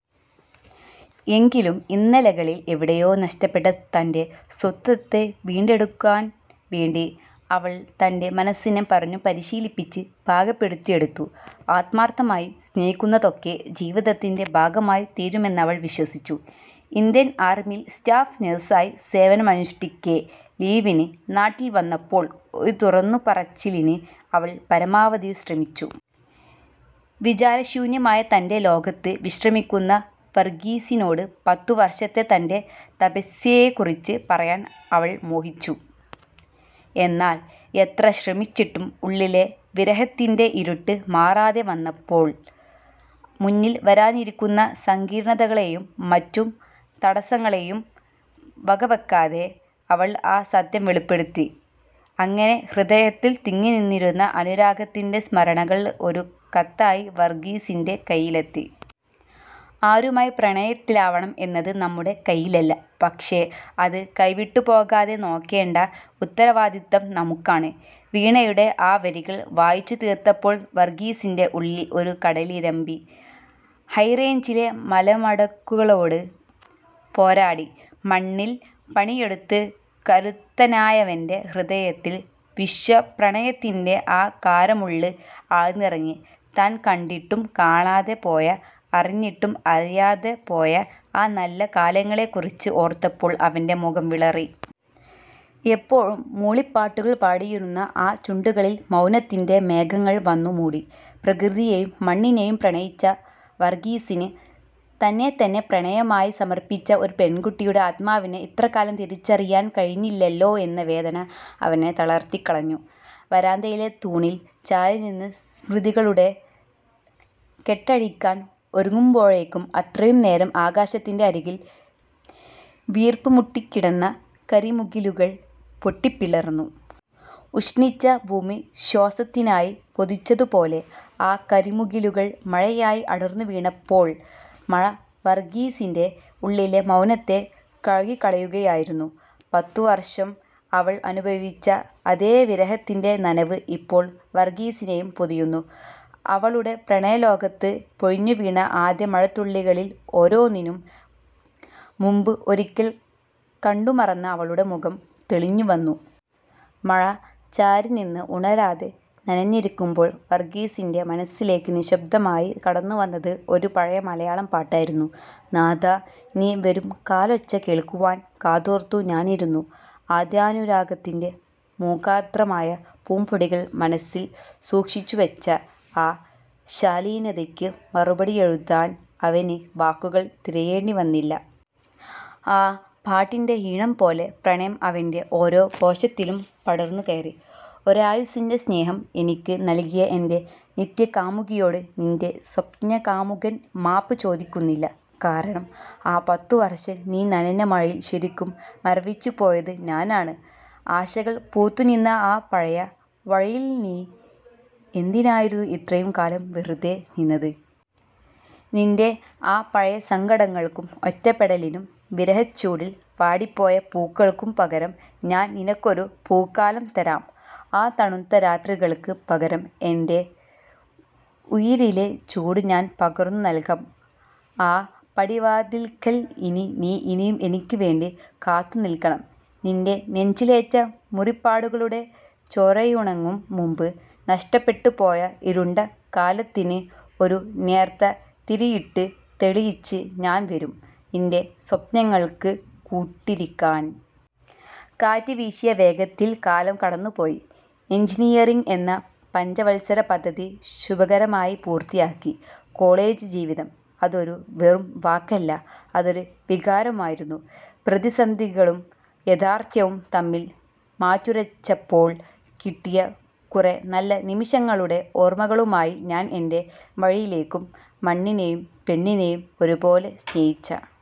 എങ്കിലും, ഇന്നലെകളിൽ എവിടെയോ നഷ്ടപ്പെട്ട തന്റെ സ്വത്വത്തെ വീണ്ടെടുക്കാൻ വേണ്ടി അവൾ തന്റെ മനസ്സിനെ പറഞ്ഞു പരിശീലിപ്പിച്ച് പാകപ്പെടുത്തിയെടുത്തു. ആത്മാർത്ഥമായി സ്നേഹിക്കുന്നതൊക്കെ ജീവിതത്തിൻ്റെ ഭാഗമായി തീരുമെന്നവൾ വിശ്വസിച്ചു. ഇന്ത്യൻ ആർമിയിൽ സ്റ്റാഫ് നഴ്സായി സേവനമനുഷ്ഠിക്കെ ലീവിന് നാട്ടിൽ വന്നപ്പോൾ ഒരു തുറന്നുപറച്ചിലിന് അവൾ പരമാവധി ശ്രമിച്ചു. വിചാരശൂന്യനായി തന്റെ ലോകത്ത് വിശ്രമിക്കുന്ന വർഗീസിനോട്, പത്തു വർഷത്തെ തന്റെ തപസ്യയെക്കുറിച്ച് പറയാൻ അവൾ മോഹിച്ചു. എന്നാൽ എത്ര ശ്രമിച്ചിട്ടും ഉള്ളിലെ വിരഹത്തിന്റെ ഇരുട്ട് മാറാതെ വന്നപ്പോൾ, മുന്നിൽ വരാനിരിക്കുന്ന സങ്കീർണ്ണതകളെയും മറ്റു തടസ്സങ്ങളെയും വകവെക്കാതെ അവൾ ആ സത്യം വെളിപ്പെടുത്തി. അങ്ങനെ ഹൃദയത്തിൽ തിങ്ങിനിന്നിരുന്ന അനുരാഗത്തിന്റെ സ്മരണകൾ ഒരു കത്തായി വർഗീസിന്റെ കയ്യിലെത്തി. "ആരുമായി പ്രണയത്തിലാവണം എന്നത് നമ്മുടെ കയ്യിലല്ല, പക്ഷേ അത് കൈവിട്ടുപോകാതെ നോക്കേണ്ട ഉത്തരവാദിത്തം നമുക്കാണ്. " വീണയുടെ ആ വരികൾ വായിച്ചു തീർത്തപ്പോൾ വർഗീസിന്റെ ഉള്ളിൽ ഒരു കടലിരമ്പി. ഹൈറേഞ്ചിലെ മലമടക്കുകളോട് പോരാടി, മണ്ണിൽ പണിയെടുത്ത് കരുത്തനായവന്റെ ഹൃദയത്തിൽ വിശ്വപ്രണയത്തിന്റെ ആ കാരമുള്ള് ആഴ്ന്നിറങ്ങി. താൻ കണ്ടിട്ടും കാണാതെ പോയ, അറിഞ്ഞിട്ടും അറിയാതെ പോയ ആ നല്ല കാലങ്ങളെക്കുറിച്ച് ഓർത്തപ്പോൾ അവന്റെ മുഖം വിളറി. എപ്പോഴും മൂളിപ്പാട്ടുകൾ പാടിയിരുന്ന ആ ചുണ്ടുകളിൽ മൗനത്തിന്റെ മേഘങ്ങൾ വന്നു മൂടി. പ്രകൃതിയെയും മണ്ണിനെയും പ്രണയിച്ച വർഗീസിന്, തന്നെത്തന്നെ പ്രണയമായി സമർപ്പിച്ച ഒരു പെൺകുട്ടിയുടെ ആത്മാവിനെ ഇത്രകാലം തിരിച്ചറിയാൻ കഴിഞ്ഞില്ലല്ലോ എന്ന വേദന അവനെ തളർത്തിക്കളഞ്ഞു. വരാന്തയിലെ തൂണിൽ ചാരി നിന്ന് സ്മൃതികളുടെ കെട്ടഴിക്കാൻ ഒരുങ്ങുമ്പോഴേക്കും, അത്രയും നേരം ആകാശത്തിന്റെ അരികിൽ വീർപ്പുമുട്ടിക്കിടന്ന കരിമുകിലുകൾ പൊട്ടിപ്പിളർന്നു. ഉഷ്ണിച്ച ഭൂമി ശ്വാസത്തിനായി കൊതിച്ചതുപോലെ, ആ കരിമുകിലുകൾ മഴയായി അടർന്നുവീണപ്പോൾ മഴ വർഗീസിന്റെ ഉള്ളിലെ മൗനത്തെ കഴുകിക്കളയുകയായിരുന്നു. പത്തു വർഷം അവൾ അനുഭവിച്ച അതേ വിരഹത്തിന്റെ നനവ് ഇപ്പോൾ വർഗീസിനെയും പൊതിയുന്നു. അവരുടെ പ്രണയലോകത്തേക്ക് പൊഴിഞ്ഞുവീണ ആദ്യ മഴത്തുള്ളികളിൽ ഓരോന്നിലും, മുൻപ് ഒരിക്കൽ കണ്ടുമറന്ന അവളുടെ മുഖം തെളിഞ്ഞുവന്നു. മഴ ചാരിനിന്ന് ഉണരാതെ നനഞ്ഞിരിക്കുമ്പോൾ വർഗീസിന്റെ മനസ്സിലേക്ക് നിശ്ശബ്ദമായി കടന്നുവന്നത് ഒരു പഴയ മലയാളം പാട്ടായിരുന്നു. "നാഥാ നീ വരും കാലൊച്ച കേൾക്കുവാൻ, കാതോർത്തു ഞാനിരുന്നു... " ആദ്യാനുരാഗത്തിന്റെ മൂകാർദ്രമായ പൂംപൊടികൾ മനസ്സിൽ സൂക്ഷിച്ചു വെച്ച ആ ശാലീനതയ്ക്ക് മറുപടി എഴുതാൻ അവന് വാക്കുകൾ തിരയേണ്ടി വന്നില്ല. ആ പാട്ടിന്റെ ഈണം പോലെ പ്രണയം അവന്റെ ഓരോ കോശത്തിലും പടർന്നു കയറി. "ഒരായുസ്സിന്റെ സ്നേഹം എനിക്ക് നൽകിയ എന്റെ നിത്യകാമുകിയോട് നിന്റെ സ്വപ്നകാമുകൻ മാപ്പ് ചോദിക്കുന്നില്ല. കാരണം, ആ പത്തു വർഷം നീ നനഞ്ഞ മഴയിൽ ശരിക്കും മരവിച്ചുപോയത് ഞാനാണ്. ആശകൾ പൂത്തുനിന്ന ആ പഴയ വഴിയിൽ നീ എന്തിനായിരുന്നു ഇത്രയും കാലം വെറുതെ നിന്നത്? നിന്റെ ആ പഴയ സങ്കടങ്ങൾക്കും ഒറ്റപ്പെടലിനും വിരഹച്ചൂടിൽ വാടിപ്പോയ പൂക്കൾക്കും പകരം, ഞാൻ നിനക്കൊരു പൂക്കാലം തരാം. ആ തണുത്ത രാത്രികൾക്ക് പകരം എന്റെ ഉയിരിലെ ചൂട് ഞാൻ പകർന്നു നൽകാം. ആ പടിവാതിൽക്കൽ ഇനി നീ ഇനിയും എനിക്ക് വേണ്ടി കാത്തുനിൽക്കണം. നിന്റെ നെഞ്ചിലേറ്റ മുറിപ്പാടുകളുടെ ചോരയുണങ്ങും മുൻപ്, നഷ്ടപ്പെട്ട്പോയ ഇരുണ്ട കാലത്തിന് ഒരു നേർത്ത തിരിയിട്ട് തെളിയിച്ച് ഞാൻ വരും, നിന്റെ സ്വപ്നങ്ങൾക്ക് കൂട്ടിരിക്കാൻ. " കാറ്റ് വീശിയ വേഗത്തിൽ കാലം കടന്നുപോയി. എൻജിനീയറിങ് എന്ന പഞ്ചവത്സര പദ്ധതി ശുഭകരമായി പൂർത്തിയാക്കി. "കോളജ് ജീവിതം"അതൊരു വെറും വാക്കല്ല, അതൊരു വികാരമായിരുന്നു. പ്രതിസന്ധികളും യാഥാർത്ഥ്യവും തമ്മിൽ മാറ്റുരച്ചപ്പോൾ കിട്ടിയ കുറെ നല്ല നിമിഷങ്ങളുടെ ഓർമ്മകളുമായി ഞാൻ എന്റെ വഴിയിലേക്കും, മണ്ണിനെയും പെണ്ണിനെയും ഒരുപോലെ സ്നേഹിച്ച